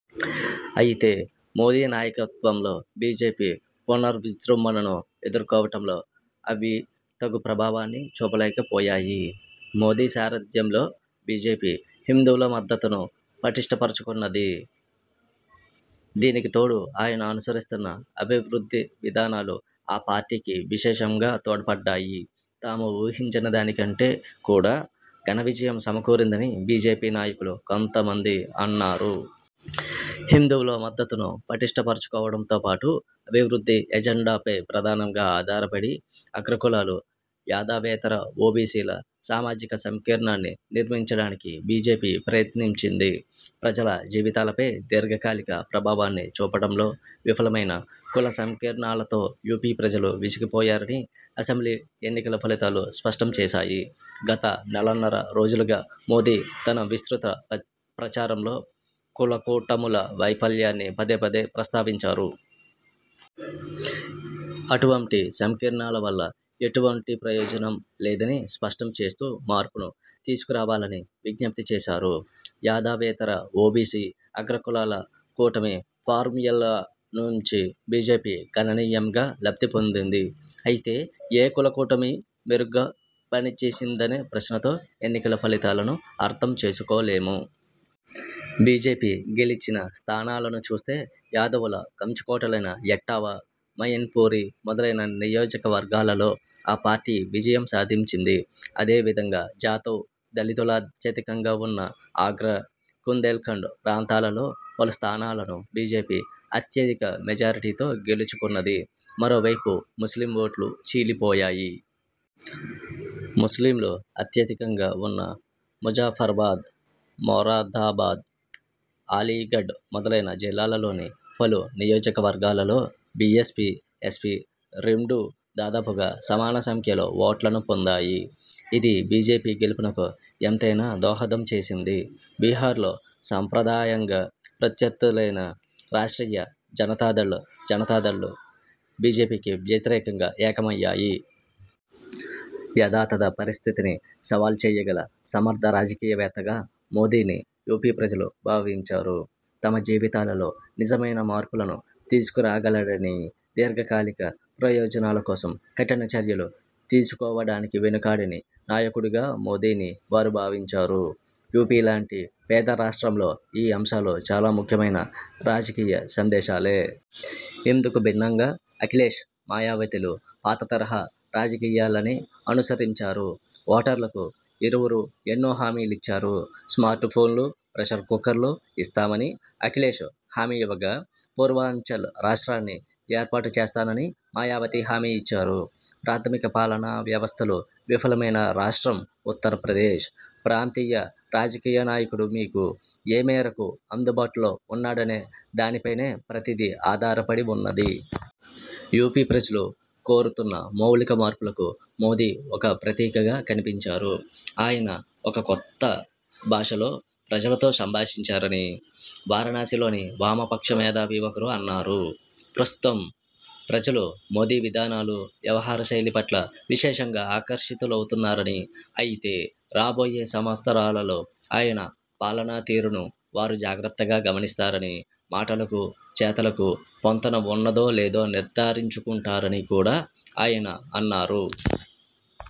అయితే మోదీ నాయకత్వంలో బీజేపీ పునర్ విజృంభణను ఎదుర్కోవడంలో అవి తగు ప్రభావాన్ని చూపలేకపోయాయి. మోదీ సారథ్యంలో బీజేపీ హిందువుల మద్దతును పటిష్ఠపరచుకున్నది. దీనికి తోడు ఆయన అనుసరిస్తున్న అభివృద్ధి విధానాలు ఆ పార్టీకి విశేషంగా తోడ్పడ్డాయి. తాము ఊహించిన దాని కంటే కూడా ఘన విజయం సమకూరిందని బీజేపీ నాయకులు కొంతమంది అన్నారు. హిందువుల మద్దతును పటిష్ఠపరచుకోవడంతోపాటు అభివృద్ధి ఎజెండాపై ప్రధానంగా ఆధారపడి, 'అగ్రకులాలు', యాదవేతర ఓబీసీల ' సామాజిక సంకీర్ణాన్ని నిర్మించడానికి బీజేపీ ప్రయత్నించింది. ప్రజల జీవితాలపై దీర్ఝకాలిక ప్రభావాన్ని చూపడంలో విఫలమైన కుల సంకీర్ణాలతో యూపీ ప్రజలు విసిగిపోయారని అసెంబ్లీ ఎన్నికల ఫలితాలు స్పష్టం చేశాయి. గత నెలన్నర రోజులుగా మోదీ తన విస్తృత ప్రచారంలో కులకూటముల వైఫల్యాన్ని పదేపదే ప్రస్తావించారు. అటువంటి సంకీర్ణాల వల్ల ఎటువంటి ప్రయోజనం లేదని స్పష్టం చేస్తూ మార్పును తీసుకురావాలని విజ్ఞప్తి చేశారు. యాదవేతర ఓబీసీ – అగ్రకులాల కూటమి ఫార్మ్యూలా నుంచి బీజేపీ గణనీయంగా లబ్ధిపొందింది. అయితే ఏ కుల కూటమి మెరుగ్గా పనిచేసిందనే ప్రశ్నతో ఎన్నికల ఫలితాలను అర్థం చేసుకోలేము. బీజేపీ గెలిచిన స్థానాలను చూస్తే యాదవుల కంచుకోటలైన ఎట్టావా, మయిన్పూరి మొదలైన నియోజక వర్గాలలో ఆ పార్టీ విజయం సాధించింది. అదే విధంగా జాతవ్ దళితులు అత్యధికంగా వున్న ఆగ్రా, బుందేల్ఖండ్ ప్రాంతాల లో పలు స్థానాలను బీజేపీ అత్యధిక మెజారిటీతో గెలుచుకున్నది. మరోవైపు ముస్లిం ఓట్లు చీలిపోయాయి. ముస్లింలు అత్యధికంగా వున్న ముజాఫర్బాద్, మొరాదాబాద్, అలీఘడ్ మొదలైన జిల్లాలలోని పలు నియోజక వర్గాలలో బిఎస్పీ, ఎస్పీ రెండూ దాదాపుగా సమాన సంఖ్యలో ఓట్లను పొందాయి. ఇది బీజేపీ గెలుపునకు ఎంతైనా దోహదంచేసింది. బిహార్లో సంప్రదాయంగా ప్రత్యర్థులైన రాష్ట్రీయ జనతా దళ్, జనతా దళ్ బీజేపీకి వ్యతిరేకంగా ఏకమయ్యాయి. 'యథాతథ పరిస్థితిని సవాల్ చేయగల సమర్థ రాజకీయ వేత్తగా మోదీని యూపీ ప్రజలు భావించారు. తమ జీవితాలలో నిజమైన మార్పులను తీసుకురాగలడని, దీర్ఘకాలిక ప్రయోజనాల కోసం కఠిన చర్యలు తీసుకోవడానకి వెనుకాడని నాయకుడుగా మోదీని వారు భావించారు. యూపీ లాంటి పేదరాష్ట్రంలో ఈ అంశాలు చాలా ముఖ్యమైన రాజకీయ సందేశాలే. ఇందుకు భిన్నంగా అఖిలేశ్, మయావతిలు పాత తరహా రాజకీయాలనే అనుసరించారు. ఓటర్లకు ఇరువురూ ఎన్నో హామీలిచ్చారు. స్మార్ట్ ఫోన్లు, ప్రెషర్ కుక్కర్లు ఇస్తామని అఖిలేశ్ హామీ ఇవ్వగా పూర్వాంచల్ రాష్ట్రాన్ని ఏర్పాటు చేస్తానని మాయావతి హామీఇచ్చారు. ప్రాథమిక పాలనా వ్యవస్థలు విఫలమైన రాష్ట్రం ఉత్తరప్రదేశ్. ప్రాంతీయ రాజకీయనాయకుడు మీకు ఏ మేరకు అందుబాటులో ఉన్నాడనే దానిపైనే ప్రతిదీ ఆధారపడివున్నది. యూపీ ప్రజలు కోరుతున్న మౌలిక మార్పులకు మోదీ ఒక ప్రతీకగా కనిపించారు. ఆయన ఒక కొత్త భాషలో ప్రజలతో సంభాషించారని' వారణాసిలోని వామపక్ష మేధావి ఒకరు అన్నారు. ప్రస్తుతం ప్రజలు మోదీ విధానాలు, వ్యవహారశైలిపట్ల విశేషంగా ఆకర్షితులవుతున్నారని, అయితే రాబోయే సంవత్సరాలలో ఆయన పాలనాతీరును వారు జాగ్రత్తగా గమనిస్తారని, మాటలకు చేతలకు పొంతన వున్నదో లేదో నిర్ధారించుకుంటారని కూడా ఆయన అన్నారు.